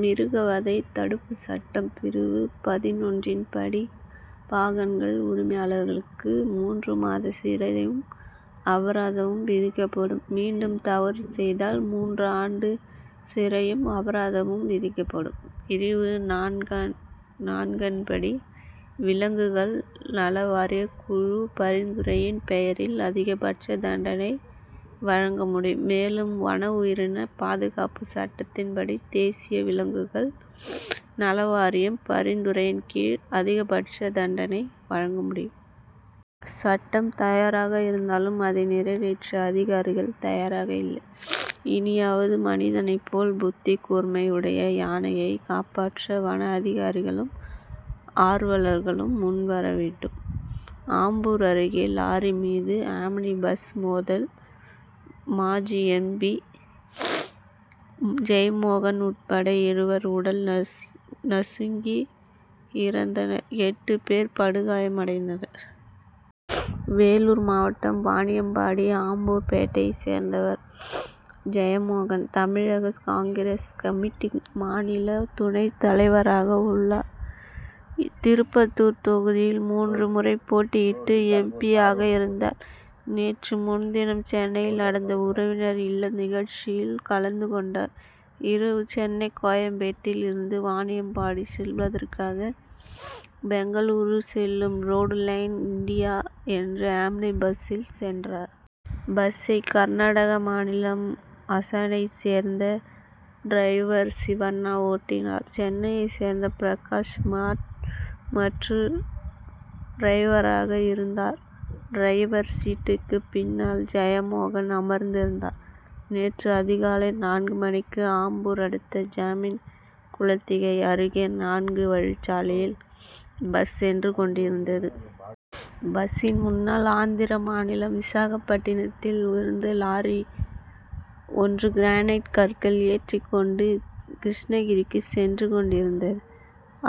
மிருகவதை தடுப்புச்சட்டம் பிரிவு பதினொன்றின் படி பாகன்கள் உரிமையாளருக்கு மூன்று மாத சிறையும் அபராதமும் விதிக்கப்படும். மீண்டும் தவறு செய்தால் மூன்று ஆண்டு சிறையும் அபராதமும் விதிக்கப்படும். பிரிவு நான்கன்படி விலங்குகள் நல வாரிய குழு பரிந்துரையின் பெயரில் அதிகபட்ச தண்டனை வழங்க முடியும். மேலும் வனஉயிரின பாதுகாப்பு சட்டத்தின்படி தேசிய விலங்குகள் நல வாரியம் பரிந்துரையின்கீழ் அதிகபட்ச தண்டனை வழங்க முடியும். சட்டம் தயாராக இருந்தாலும் அதை நிறைவேற்ற அதிகாரிகள் தயாராக இல்லை. இனியாவது மனிதனை போல் புத்திகூர்மை உடைய யானையை காப்பாற்ற வன அதிகாரிகளும் ஆர்வலர்களும் முன்வரவேண்டும். ஆம்பூர் அருகே லாரி மீது ஆம்னி பஸ் மோதல் மாஜி எம். பி. ஜெயமோகன் உட்பட இருவர் உடல் நசுங்கி இறந்தனர் எட்டு பேர் படுகாயமடைந்தனர். வேலூர் மாவட்டம் வாணியம்பாடி ஆம்பூர்பேட்டையைச் சேர்ந்தவர் ஜெயமோகன் தமிழக காங்கிரஸ் கமிட்டி மாநில துணை தலைவராக உள்ளார். திருப்பத்தூர் தொகுதியில் மூன்று முறை போட்டியிட்டு எம். பி. யாக இருந்தார். நேற்று முன்தினம் சென்னையில் நடந்த உறவினர் இல்ல நிகழ்ச்சியில் கலந்து கொண்டார். இரவு சென்னை கோயம்பேட்டில் இருந்து வாணியம்பாடி செல்வதற்காக பெங்களூரு செல்லும் ரோடுலைன் இண்டியா என்ற ஆம்னி பஸ்சில் சென்றார். பஸ்சை கர்நாடக மாநிலம் ஹாசனைச் சேர்ந்த டிரைவர் சிவண்ணா ஓட்டினார். சென்னையைச் சேர்ந்த பிரகாஷ் மாற்று டிரைவராக இருந்தார். டிரைவர் சீட்டுக்கு பின்னால் ஜெயமோகன் அமர்ந்திருந்தார். நேற்று அதிகாலை நான்கு மணிக்கு ஆம்பூர் அடுத்த ஜமீன் குளத்திகை அருகே நான்கு வழிச்சாலையில் பஸ் சென்று கொண்டிருந்தது. பஸ்சின் முன்னால் ஆந்திர மாநிலம் விசாகப்பட்டினத்தில் இருந்து லாரி ஒன்று கிரானைட் கற்கள் ஏற்றி கொண்டு கிருஷ்ணகிரிக்கு சென்று கொண்டிருந்தது.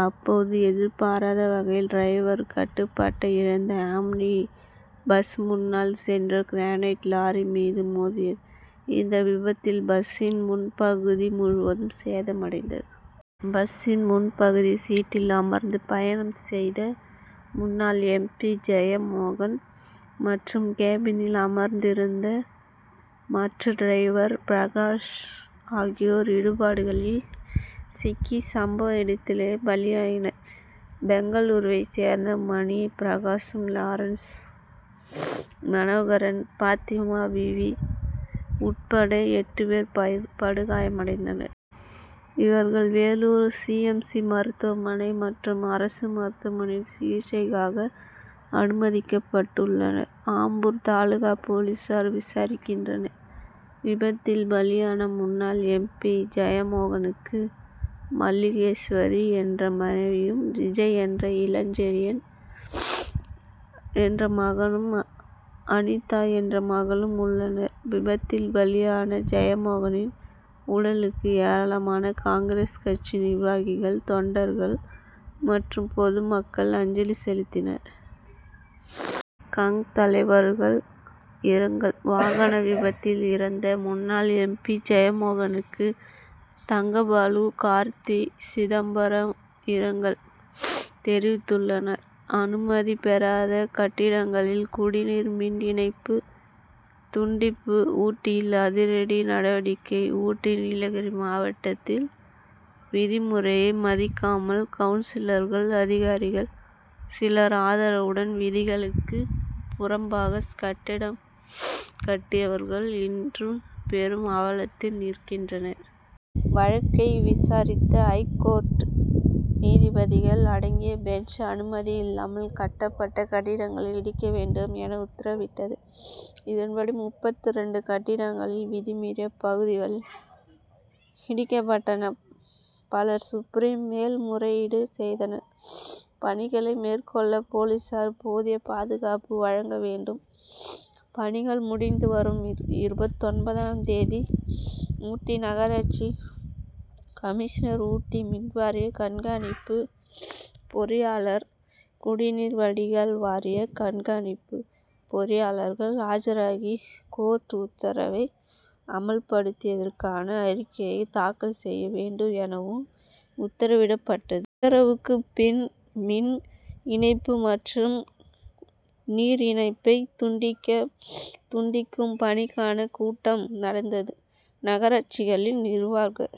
அப்போது எதிர்பாராத வகையில் டிரைவர் கட்டுப்பாட்டை இழந்த ஆம்னி பஸ் முன்னால் சென்ற கிரானைட் லாரி மீது மோதியது. இந்த விபத்தில் பஸ்சின் முன்பகுதி முழுவதும் சேதமடைந்தது. பஸ்சின் முன்பகுதி சீட்டில் அமர்ந்து பயணம் செய்த முன்னாள் எம். பி. ஜெயமோகன் மற்றும் கேபினில் அமர்ந்திருந்த மாற்று டிரைவர் பிரகாஷ் ஆகியோர் இடிபாடுகளில் சிக்கி சம்பவ இடத்திலேயே பலியாயினர். பெங்களூருவைச் சேர்ந்த மணி பிரகாசம் லாரன்ஸ் மனோகரன் பாத்திமாபீவி உட்பட எட்டு பேர் படுகாயமடைந்தனர். இவர்கள் வேலூர் சி. எம். சி. மருத்துவமனை மற்றும் அரசு மருத்துவமனையில் சிகிச்சைக்காக அனுமதிக்கப்பட்டுள்ளனர். ஆம்பூர் தாலுகா போலீசார் விசாரிக்கின்றனர். விபத்தில் பலியான முன்னாள் எம். பி. ஜெயமோகனுக்கு மல்லிகேஸ்வரி என்ற மனைவியும் விஜய் என்ற இளஞ்செழியன் என்ற மகனும் அனிதா என்ற மகளும் உள்ளனர். விபத்தில் பலியான ஜெயமோகனின் உடலுக்கு ஏராளமான காங்கிரஸ் கட்சி நிர்வாகிகள் தொண்டர்கள் மற்றும் பொதுமக்கள் அஞ்சலி செலுத்தினர். காங். தலைவர்கள் இரங்கல் வாகன விபத்தில் இறந்த முன்னாள் எம். பி. ஜெயமோகனுக்கு தங்கபாலு கார்த்தி சிதம்பரம் இரங்கல் தெரிவித்துள்ளனர். அனுமதி பெறாத கட்டடங்களில் குடிநீர் மின் இணைப்பு துண்டிப்பு ஊட்டியில் அதிரடி நடவடிக்கை ஊட்டி நீலகிரி மாவட்டத்தில் விதிமுறையை மதிக்காமல் கவுன்சிலர்கள் அதிகாரிகள் சிலர் ஆதரவுடன் விதிகளுக்கு புறம்பாக கட்டடம் கட்டியவர்கள் இன்று பெரும் அவலத்தில் நிற்கின்றனர். வழக்கை விசாரித்த ஐகோர்ட் நீதிபதிகள் அடங்கிய பெஞ்ச் அனுமதியில்லாமல் கட்டப்பட்ட கட்டடங்களை இடிக்க வேண்டும் என உத்தரவிட்டது. இதன்படி முப்பத்து இரண்டு கட்டடங்களில் விதிமீறிய பகுதிகள் இடிக்கப்பட்டன. பலர் சுப்ரீம் மேல் முறையீடு செய்தனர். பணிகளை மேற்கொள்ள போலீசார் போதிய பாதுகாப்பு வழங்க வேண்டும் பணிகள் முடிந்து வரும் இருபத்தொன்பதாம் தேதி ஊட்டி நகராட்சி கமிஷனர் ஊட்டி மின்வாரிய கண்கணிப்பு பொறியாளர் குடிநீர் வடிகால் வாரிய கண்காணிப்பு பொறியாளர் ஆஜராகி கோர்ட் உத்தரவை அமல்படுத்தியதற்கான அறிக்கையை தாக்கல் செய்ய வேண்டும் எனவும் உத்தரவிடப்பட்டது. உத்தரவுக்கு பின் மின் இணைப்பு மற்றும் நீர் இணைப்பை துண்டிக்கும் பணிக்கான கூட்டம் நடந்தது. நகராட்சிகளின் நிர்வாக